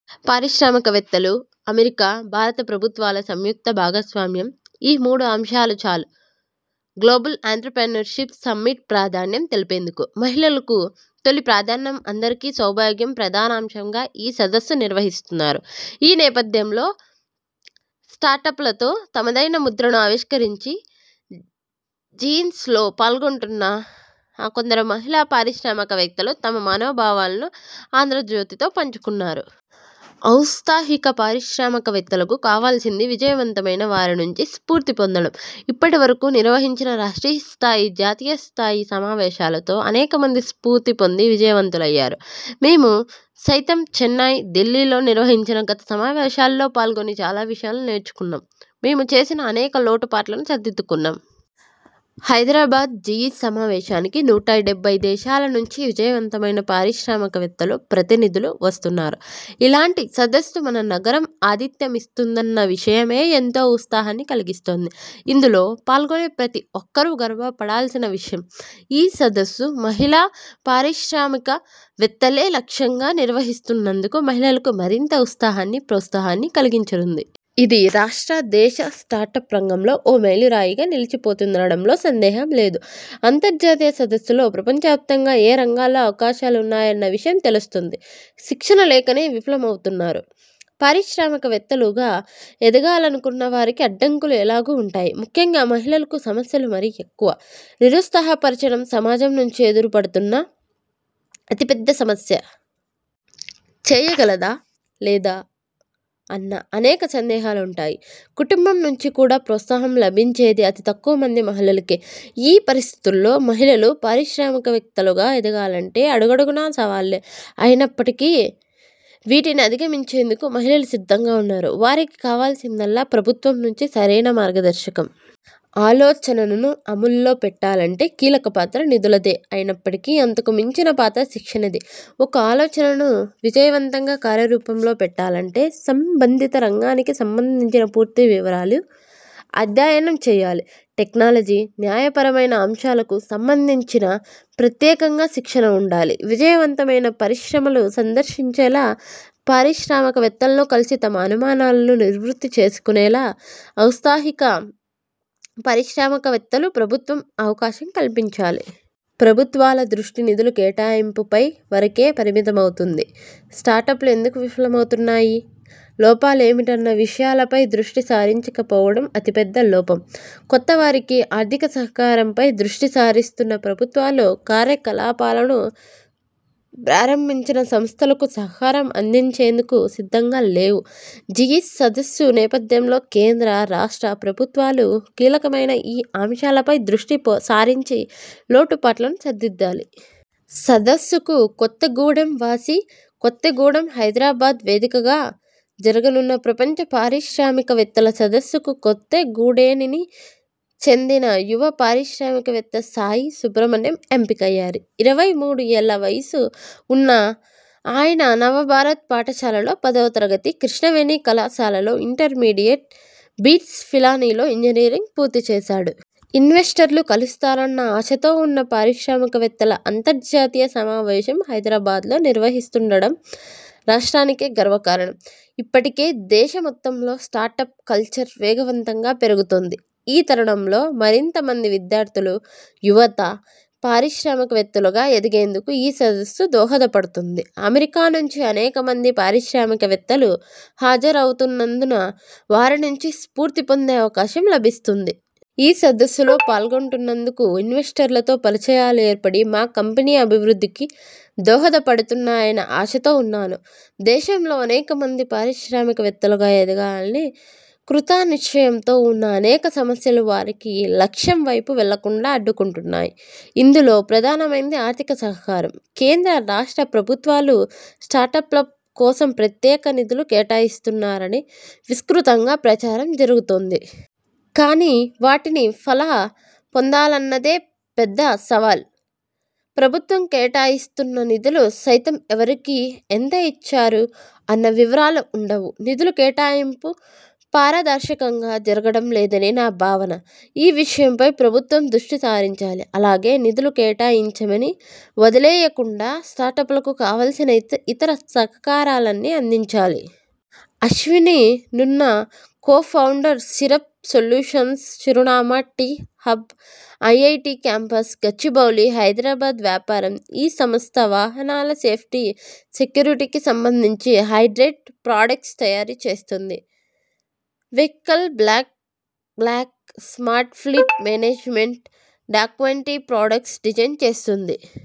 పారిశ్రామికవేత్తలు అమెరికా, భారత ప్రభుత్వాల సంయుక్త భాగస్వామ్యం. ఈ మూడు అంశాలు చాలు గ్లోబల్ ఆంత్రప్రెన్యూర్షిప్ సమ్మిట్ ప్రాధాన్యం తెలిపేందుకు. మహిళకు తొలి ప్రాధాన్యం అందరికీ సౌభాగ్యం ప్రధానాంశంగా ఈ సదస్సు నిర్వహిస్తున్నారు. ఈ నేపథ్యంలో స్టార్ట్పలతో తమదైన ముద్రను ఆవిష్కరించి, జిఈ్సలో పాల్గొంటున్న కొందరు మహిళా పారిశ్రామికవేత్తలు తమ మనోభావాలను ఆంధ్రజ్యోతితో పంచుకున్నారు. ఔత్సాహిక పారిశ్రామికవేత్తలకు కావాల్సింది విజయవంతమైన వారినుంచి స్ఫూర్తి పొందడం. ఇప్పటి వరకు నిర్వహించిన రాష్ట్రస్థాయి, జాతీయ స్థాయి సమావేశాలతో అనేకమంది స్ఫూర్తి పొంది విజయవంతమయ్యారు. మేము సైతం చెన్నై, దిల్లీలో నిర్వహించిన గత సమావేశాల్లో పాల్గొని చాలా విషయాలను నేర్చుకున్నాం. మేము చేసిన అనేక లోటు పాట్లను సరిదిద్దుకున్నాం. హైదరాబాద్ జిఈస్ సమావేశానికి నూట డెబ్బై దేశాలనుంచి విజయవంతమైన పారిశ్రామికవేత్తలు, ప్రతినిధులు వస్తున్నారు. ఇలాంటి సదస్సు మన నగరం ఆతిథ్యమిస్తుందన్న విషయమే ఎంతో ఉత్సాహాన్ని కలిగిస్తోంది. ఇందులో పాల్గొనే ప్రతి ఒక్కరూ గర్వపడాల్సిన విషయం. ఈ సదస్సు మహిళా పారిశ్రామికవేత్తలే లక్ష్యంగా నిర్వహిస్తున్నందున మహిళలకు మరింత ఉత్సాహాన్ని, ప్రోత్సాహాన్ని కలిగించనుంది. ఇది రాష్ట్ర, దేశ స్టార్టప్ రంగంలో ఓ మైలురాయిగా నిలిచిపోతుందనడంలో సందేహం లేదు. అంతర్జాతీయ సదస్సుతో ప్రపంచవ్యాప్తంగా ఏ రంగాల్లో అవకాశాలున్నాయన్న విషయం తెలుస్తుంది. శిక్షణ లేకనే విఫలమవుతున్నారు .పారిశ్రామికవేత్తలుగా ఎదగాలన్న వారికి అడ్డంకులు ఎలాగూ ఉంటాయి. ముఖ్యంగా మహిళలకు సమస్యలు మరీ ఎక్కువ. నిరుత్సాహపరచడం సమాజం నుంచి ఎదురవుతున్న అతిపెద్ద సమస్య. చేయగలదా లేదా అన్న అనేక సందేహాలుంటాయి. కుటుంబం నుంచి కూడా ప్రోత్సాహం లభించేది అతి తక్కువ మంది మహిళలకే. ఈ పరిస్థితుల్లో మహిళలు పారిశ్రామికవేత్తలుగా ఎదగాలంటే అడుగడుగునా సవాళ్లే. అయినప్పటికీ వీటిని అధిగమించేందుకు మహిళలు సిద్ధంగా ఉన్నారు. వారికి కావాల్సిందల్లా ప్రభుత్వం నుంచి సరైన మార్గదర్శకం. ఆలోచనను అమల్లో పెట్టాలంటే కీలకపాత్ర నిధులదే అయినప్పటికీ అంతకుమించిన పాత్ర శిక్షణది. ఒక ఆలోచనను విజయవంతంగా కార్యరూపంలో పెట్టాలంటే సం బంధిత రంగానికి సంబంధించిన పూర్తి వివరాలు అధ్యయనం చేయాలి. టెక్నాలజీ, న్యాయపరమైన అంశాలకు సంబంధించి ప్రత్యేకంగా శిక్షణ ఉండాలి. విజయవంతమైన పరిశ్రమలు సందర్శించేలా, పారిశ్రామికవేత్తలను కలిసి తమ అనుమానాలు నివృత్తి చేసుకునేలా ఔత్సాహిక పారిశ్రామికవేత్తలు ప్రభుత్వం అవకాశం కల్పించాలి. ప్రభుత్వాల దృష్టి నిధుల కేటాయింపు పై వరకే పరిమితమవుతోంది. స్టార్ట్పలు ఎందుకు విఫలమవుతున్నాయి.? లోపాలేమిటన్న విషయాలపై దృష్టి సారించకపోవడం అతిపెద్ద లోపం. కొత్తవారికి ఆర్థిక సహకారంపై దృష్టి సారిస్తున్న ప్రభుత్వాలు కార్యకలాపాలను ప్రారంభించిన సంస్థలకు సహకారం అందించేందుకు సిద్దంగా లేవు. జిఈస్ సదస్సు నేపథ్యంలో కేంద్ర, రాష్ట్ర ప్రభుత్వాలు కీలకమైన ఈ అంశాలపై దృష్టి సారించి లోటు పాట్లను సరిదిద్దాలి. సదస్సుకు కొత్తగూడెం వాసి కొత్తగూడెం హైదరాబాద్ వేదికగా జరగనున్న ప్రపంచ పారిశ్రామికవేత్తల సదస్సుకు కొత్తగూడేనికి చెందిన యువ పారిశ్రామికవేత్త సాయి సుబ్రమణ్యం ఎంపికయ్యారు. ఇరవై మూడు ఏళ్ల వయస్సు ఉన్న ఆయన నవభారత్ పాఠశాలలో పదో తరగతి, కృష్ణవేణి కళాశాలలో ఇంటర్మీడియట్, బిట్స్ పిలానీలో ఇంజనీరింగ్ పూర్తిచేశాడు. ఇన్వెస్టర్లు కలుస్తారన్న ఆశతో ఉన్నా పారిశ్రామికవేత్తల అంతర్జాతీయ సమావేశం హైదరాబాద్లో నిర్వహిస్తుండటం రాష్ట్రానికే గర్వకారణం. ఇప్పటికే దేశం మొత్తంలో స్టార్టప్ కల్చర్ వేగవంతంగా పెరుగుతోంది. ఈ తరుణంలో మరింత మంది విద్యార్థులు, యువత పారిశ్రామికవేత్తలుగా ఎదిగేందుకు ఈ సదస్సు దోహదపడుతుంది. అమెరికా నుంచి అనేక మంది పారిశ్రామికవేత్తలు హజరవుతున్నందున వారినుంచి స్ఫూర్తి పొందే అవకాశం లభించనుంది. ఈ సదస్సులో పాల్గొంటున్నందున ఇన్వెస్టర్లతో పరిచయాలు ఏర్పడి మా కంపెనీ అభివృద్ధికి దోహదపడుతాయన్న ఆశతో ఉన్నాను. దేశంలో అనేకమంది పారిశ్రామికవేత్తలుగా ఎదగాలని కృతనిశ్చయంతో ఉన్నా అనేక సమస్యలు వారిని లక్ష్యం వైపు వెళ్లకుండా అడ్డుకుంటున్నాయి. ఇందులో ప్రధానమైంది ఆర్థిక సహకారం. కేంద్ర, రాష్ట్ర ప్రభుత్వాలు స్టార్టప్ల కోసం ప్రత్యేక నిధులు కేటాయిస్తున్నారని విస్తృతంగా ప్రచారం జరుగుతోంది. కానీ వాటిని పలా పొందాలన్నదే పెద్ద సవాల్. ప్రభుత్వం కేటాయిస్తున్న నిధులు సైతం ఎవరికి, ఎంత ఇచ్చారు అన్న వివరాలు ఉండవు. నిధుల కేటాయింపు పారదర్శకంగా జరగటం లేదని నా భావన. ఈ విషయంపై ప్రభుత్వం దృష్టి సారించాలి. అలాగే నిధులు కేటాయించమని వదిలేయకుండా స్టార్ట్పలకు కావాల్సిన ఇతర సకారాన్నీ అందించాలి. Ashwini Nunna, co founder, syrup solutions చిరునామా T. Hub, IIIT campus, Gachibowli, Hyderabad వ్యాపారం ఈ సంస్థ వాహనల సేఫ్టీ, సెక్యూరిటీకి సంబంధించిన హైటెక్ ప్రాడక్ట్స్ తయారు చేస్తోంది. Vehicle black box, smart fleet management, ట్రాక్డ్వంటి ప్రాడక్ట్స్ను డిజైన్ చేసింది.